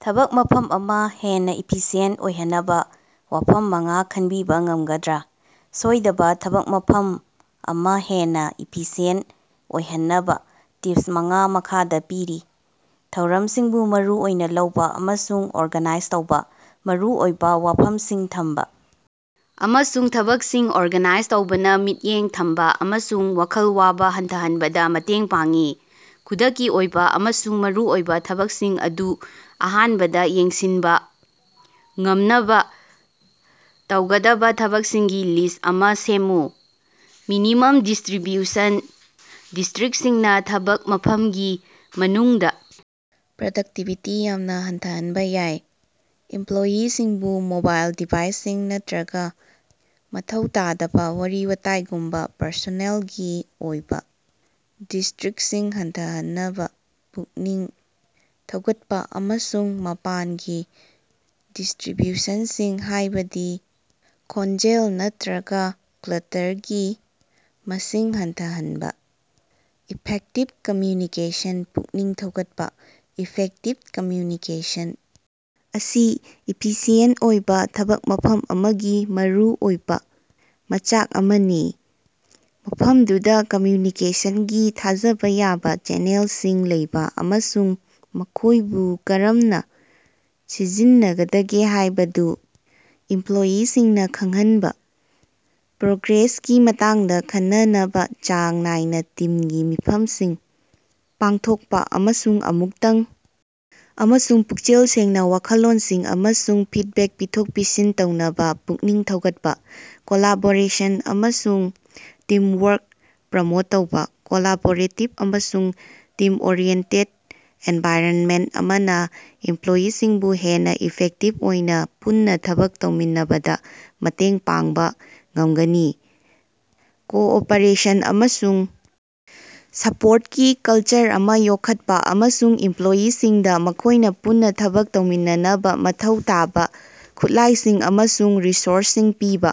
ꯊꯕꯛ ꯃꯐꯝ ꯑꯃ ꯍꯦꯟꯅ ꯏꯐꯤꯁꯤꯌꯦꯟꯇ ꯑꯣꯏꯍꯟꯅꯕ ꯋꯥꯐꯝ ꯃꯉꯥ ꯈꯟꯕꯤꯕ ꯉꯝꯒꯗ꯭ꯔꯥ? ꯁꯣꯏꯗꯕ ꯊꯕꯛ ꯃꯐꯝ ꯑꯃ ꯍꯦꯟꯅ ꯏꯐꯤꯁꯤꯑꯦꯟꯇ ꯑꯣꯏꯍꯟꯅꯕ ꯇꯤꯞꯁ ꯃꯉꯥ ꯃꯈꯥꯗ ꯄꯤꯔꯤ - ꯊꯧꯔꯝꯁꯤꯡꯕꯨ ꯃꯔꯨ ꯑꯣꯏꯅ ꯂꯧꯕ ꯑꯃꯁꯨꯡ ꯑꯣꯔꯒꯥꯅꯥꯏꯖ ꯇꯧꯕ, ꯃꯔꯨ ꯑꯣꯏꯕ ꯋꯥꯐꯝꯁꯤꯡ ꯊꯝꯕ ꯑꯃꯁꯨꯡ ꯊꯕꯛꯁꯤꯡ ꯑꯣꯔꯒꯥꯅꯥꯏꯖ ꯇꯧꯕꯅ ꯃꯤꯠꯌꯦꯡ ꯊꯝꯕꯥ ꯑꯃꯁꯨꯡ ꯋꯥꯈꯜ ꯋꯥꯕ ꯍꯟꯊꯍꯟꯕꯗ ꯃꯇꯦꯡ ꯄꯥꯡꯏ꯫ ꯈꯨꯗꯛꯀꯤ ꯑꯣꯏꯕ ꯑꯃꯁꯨꯡ ꯃꯔꯨꯑꯣꯏꯕ ꯊꯕꯛꯁꯤꯡ ꯑꯗꯨ ꯑꯍꯥꯟꯕꯗ ꯌꯦꯡꯁꯤꯟꯕ ꯉꯝꯅꯕ ꯇꯧꯒꯗꯕ ꯊꯕꯛꯁꯤꯡꯒꯤ ꯂꯤꯁ꯭ꯠ ꯑꯃ ꯁꯦꯝꯃꯨ꯫ ꯃꯤꯅꯤꯃꯝ ꯗꯤꯁꯇ꯭ꯔꯤꯕ꯭ꯌꯨꯁꯟ - ꯗꯤꯁꯇ꯭ꯔꯤꯛꯇꯁꯤꯡꯅ ꯊꯕꯛ ꯃꯐꯝꯒꯤ ꯃꯅꯨꯡꯗ ꯄ꯭ꯔꯗꯛꯇꯤꯕꯤꯇꯤ ꯌꯥꯝꯅ ꯍꯟꯊꯍꯟꯕ ꯌꯥꯏ꯫ ꯏꯝꯄ꯭ꯂꯣꯌꯤꯁꯤꯡꯕꯨ ꯃꯣꯕꯥꯏꯜ ꯗꯤꯚꯥꯏꯁꯁꯤꯡ ꯅꯠꯇꯔꯒ ꯃꯊꯧ ꯇꯥꯗꯕ ꯋꯥꯔꯤ-ꯋꯥꯇꯥꯏꯒꯨꯝꯕ ꯄꯔꯁꯣꯅꯦꯜꯒꯤ ꯑꯣꯏꯕ ꯗꯤꯁꯇ꯭ꯔꯤꯛꯁꯁꯤꯡ ꯍꯟꯊꯍꯟꯅꯕ ꯄꯨꯛꯅꯤꯡ ꯊꯧꯒꯠꯄ, ꯑꯃꯁꯨꯡ ꯃꯄꯥꯟꯒꯤ ꯗꯤꯁꯇ꯭ꯔꯤꯕ꯭ꯌꯨꯁꯟꯁꯤꯡ ꯍꯥꯏꯕꯗꯤ ꯈꯣꯟꯖꯦꯜ ꯅꯠꯇꯔꯒ ꯀ꯭ꯂꯇꯔꯒꯤ ꯃꯁꯤꯡ ꯍꯟꯊꯍꯟꯕ꯫ ꯏꯐꯦꯛꯇꯤꯕ ꯀꯝꯃ꯭ꯌꯨꯅꯤꯀꯦꯁꯟ ꯄꯨꯛꯅꯤꯡ ꯊꯧꯒꯠꯄ - ꯏꯐꯦꯛꯇꯤꯕ ꯀꯝꯃ꯭ꯌꯨꯅꯤꯀꯦꯁꯟ ꯑꯁꯤ ꯏꯐꯤꯁꯤꯌꯦꯟꯇ ꯑꯣꯏꯕ ꯊꯕꯛ ꯃꯐꯝ ꯑꯃꯒꯤ ꯃꯔꯨ ꯑꯣꯏꯕ ꯃꯆꯥꯛ ꯑꯃꯅꯤ꯫ ꯃꯐꯝꯗꯨꯗ ꯀꯝꯃ꯭ꯌꯨꯅꯤꯀꯦꯁꯟꯒꯤ ꯊꯥꯖꯕ ꯌꯥꯕ ꯆꯦꯅꯦꯜꯁꯤꯡ ꯂꯩꯕ ꯑꯃꯁꯨꯡ ꯃꯈꯣꯏꯕꯨ ꯀꯔꯝꯅ ꯁꯤꯖꯤꯟꯅꯒꯗꯒꯦ ꯍꯥꯏꯕꯗꯨ ꯏꯝꯄ꯭ꯂꯣꯌꯤꯁꯤꯡꯅ ꯈꯪꯍꯟꯕ꯫ ꯄ꯭ꯔꯣꯒ꯭ꯔꯦꯁꯀꯤ ꯃꯇꯥꯡꯗ ꯈꯟꯅꯅꯕ ꯆꯥꯡ ꯅꯥꯏꯅ ꯇꯤꯝꯒꯤ ꯃꯤꯐꯝꯁꯤꯡ ꯄꯥꯡꯊꯣꯛꯄ, ꯑꯃꯁꯨꯡ ꯑꯃꯨꯛꯇꯪ ꯑꯃꯁꯨꯡ ꯄꯨꯛꯆꯦꯜ ꯁꯦꯡꯅ ꯋꯥꯈꯜꯂꯣꯟꯁꯤꯡ ꯑꯃꯁꯨꯡ ꯐꯤꯗꯕꯦꯛ ꯄꯤꯊꯣꯛ-ꯄꯤꯁꯤꯟ ꯇꯧꯅꯕ ꯄꯨꯛꯅꯤꯡ ꯊꯧꯒꯠꯄ꯫ ꯀꯣꯂꯥꯕꯣꯔꯦꯁꯟ ꯑꯃꯁꯨꯡ ꯇꯤꯝꯋꯥ꯭ꯔꯛ ꯄ꯭ꯔꯃꯣꯠ ꯇꯧꯕꯥ - ꯀꯣꯂꯥꯕꯣꯔꯦꯇꯤꯕ ꯑꯃꯁꯨꯡ ꯇꯤꯝ-ꯑꯣꯔꯤꯑꯦꯟꯇꯦꯗ ꯑꯦꯟꯚꯥꯏꯔꯟꯃꯦꯟꯇ ꯑꯃꯅ ꯏꯝꯄꯂꯣꯌꯤꯁꯤꯡꯕꯨ ꯍꯦꯟꯅ ꯏꯐꯦꯛꯇꯤꯕ ꯑꯣꯏꯅ ꯄꯨꯟꯅ ꯊꯕꯛ ꯇꯧꯃꯤꯟꯅꯕꯗ ꯃꯇꯦꯡ ꯄꯥꯡꯕ ꯉꯝꯒꯅꯤ꯫ ꯀꯣꯑꯣꯄꯔꯦꯁꯟ ꯑꯃꯁꯨꯡ ꯁꯄꯣꯔꯇꯀꯤ ꯀꯜꯆꯔ ꯑꯃ ꯌꯣꯛꯈꯠꯄ, ꯑꯃꯁꯨꯡ ꯏꯝꯄ꯭ꯂꯣꯌꯤꯁꯤꯡꯗ ꯃꯈꯣꯏꯅ ꯄꯨꯟꯅ ꯊꯕꯛ ꯇꯧꯃꯤꯟꯅꯅꯕ ꯃꯊꯧ ꯇꯥꯕ ꯈꯨꯠꯂꯥꯏꯁꯤꯡ ꯑꯃꯁꯨꯡ ꯔꯤꯁꯣꯔꯁꯁꯤꯡ ꯄꯤꯕ꯫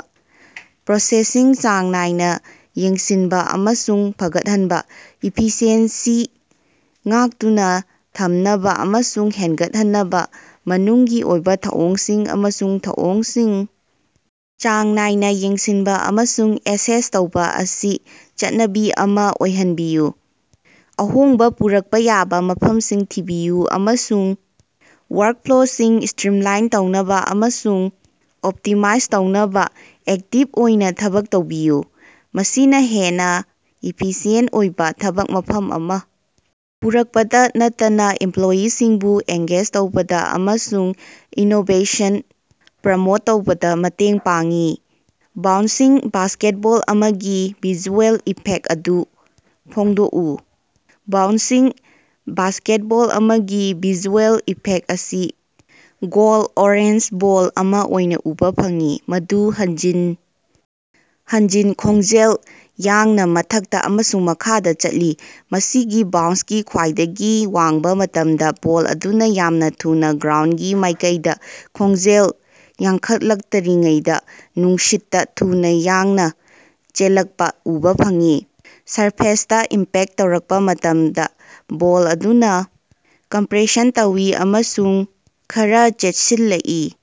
ꯄ꯭ꯔꯣꯁꯦꯁꯁꯤꯡ ꯆꯥꯡ ꯅꯥꯏꯅ ꯌꯦꯡꯁꯤꯟꯕ ꯑꯃꯁꯨꯡ ꯐꯒꯠꯍꯟꯕ - ꯏꯐꯤꯁꯤꯑꯦꯟꯁꯤ ꯉꯥꯛꯇꯨꯅ ꯊꯝꯅꯕ ꯑꯃꯁꯨꯡ ꯍꯦꯟꯒꯠꯍꯟꯅꯕ, ꯃꯅꯨꯡꯒꯤ ꯑꯣꯏꯕ ꯊꯧꯑꯣꯡꯁꯤꯡ ꯑꯃꯁꯨꯡ ꯊꯧꯑꯣꯡꯁꯤꯡ ꯆꯥꯡ ꯅꯥꯏꯅ ꯌꯦꯡꯁꯤꯟꯕ ꯑꯃꯁꯨꯡ ꯑꯦꯁꯦꯁ ꯇꯧꯕ ꯑꯁꯤ ꯆꯠꯅꯕꯤ ꯑꯃ ꯑꯣꯏꯍꯟꯕꯤꯌꯨ꯫ ꯑꯍꯣꯡꯕ ꯄꯨꯔꯛꯄ ꯌꯥꯕ ꯃꯐꯝꯁꯤꯡ ꯊꯤꯕꯤꯌꯨ, ꯑꯃꯁꯨꯡ ꯋꯥ꯭ꯔꯛꯐ꯭ꯂꯣꯁꯤꯡ ꯁ꯭ꯇꯔꯤꯝꯂꯥꯏꯟ ꯇꯧꯅꯕ ꯑꯃꯁꯨꯡ ꯑꯣꯞꯇꯤꯃꯥꯏꯖ ꯇꯧꯅꯕ ꯑꯦꯛꯇꯤꯕ ꯑꯣꯏꯅ ꯊꯕꯛ ꯇꯧꯕꯤꯌꯨ꯫ ꯃꯁꯤꯅ ꯍꯦꯟꯅ ꯏꯐꯤꯁꯤꯌꯦꯟꯇ ꯑꯣꯏꯕ ꯊꯕꯛ ꯃꯐꯝ ꯑꯃ ꯄꯨꯔꯛꯄꯗ ꯅꯠꯇꯅ ꯏꯝꯄ꯭ꯂꯣꯌꯤꯁꯤꯡꯕꯨ ꯑꯦꯡꯒꯦꯖ ꯇꯧꯕꯗ ꯑꯃꯁꯨꯡ ꯏꯅꯣꯕꯦꯁꯟ ꯄ꯭ꯔꯃꯣꯠ ꯇꯧꯕꯗ ꯃꯇꯦꯡ ꯄꯥꯡꯏ꯫ ꯕꯥꯎꯟꯁꯤꯡ ꯕꯥꯁꯀꯦꯠꯕꯣꯜ ꯑꯃꯒꯤ ꯚꯤꯖꯨꯑꯦꯜ ꯏꯐꯦꯛꯇ ꯑꯗꯨ ꯐꯣꯡꯗꯣꯛꯎ꯫ ꯕꯥꯎꯟꯁꯤꯡ ꯕꯥꯁꯀꯦꯠꯕꯣꯜ ꯑꯃꯒꯤ ꯚꯤꯖꯨꯑꯦꯜ ꯏꯐꯦꯛꯇ ꯑꯁꯤ ꯒꯣꯜꯗ ꯑꯣꯔꯦꯟꯖ ꯕꯣꯜ ꯑꯃ ꯑꯣꯏꯅ ꯎꯕ ꯐꯪꯏ, ꯃꯗꯨ ꯍꯟꯖꯤꯟ ꯍꯟꯖꯤꯟ ꯈꯣꯡꯖꯦꯜ ꯌꯥꯡꯅ ꯃꯊꯛꯇ ꯑꯃꯁꯨꯡ ꯃꯈꯥꯗ ꯆꯠꯂꯤ꯫ ꯃꯁꯤꯒꯤ ꯕꯥꯎꯟꯁꯀꯤ ꯈ꯭ꯋꯥꯏꯗꯒꯤ ꯋꯥꯡꯕ ꯃꯇꯝꯗ, ꯕꯣꯜ ꯑꯗꯨꯅ ꯌꯥꯝꯅ ꯊꯨꯅ ꯒ꯭ꯔꯥꯎꯟꯗꯒꯤ ꯃꯥꯏꯀꯩꯗ ꯈꯣꯡꯖꯦꯜ ꯌꯥꯡꯈꯠꯂꯛꯇꯔꯤꯉꯩꯗ‌ ꯅꯨꯡꯁꯤꯠꯇ ꯊꯨꯅ ꯌꯥꯡꯅ ꯆꯦꯜꯂꯛꯄ ꯎꯕꯥ ꯐꯪꯏ꯫ ꯁꯔꯐꯦꯁꯇ ꯏꯝꯄꯦꯛꯇ ꯇꯧꯔꯛꯄ ꯃꯇꯝꯗ, ꯕꯣꯜ ꯑꯗꯨꯅ ꯀꯝꯄ꯭ꯔꯦꯁꯟ ꯇꯧꯏ ꯑꯃꯁꯨꯡ ꯈꯔꯥ ꯆꯦꯠꯁꯤꯜꯂꯛꯏ꯫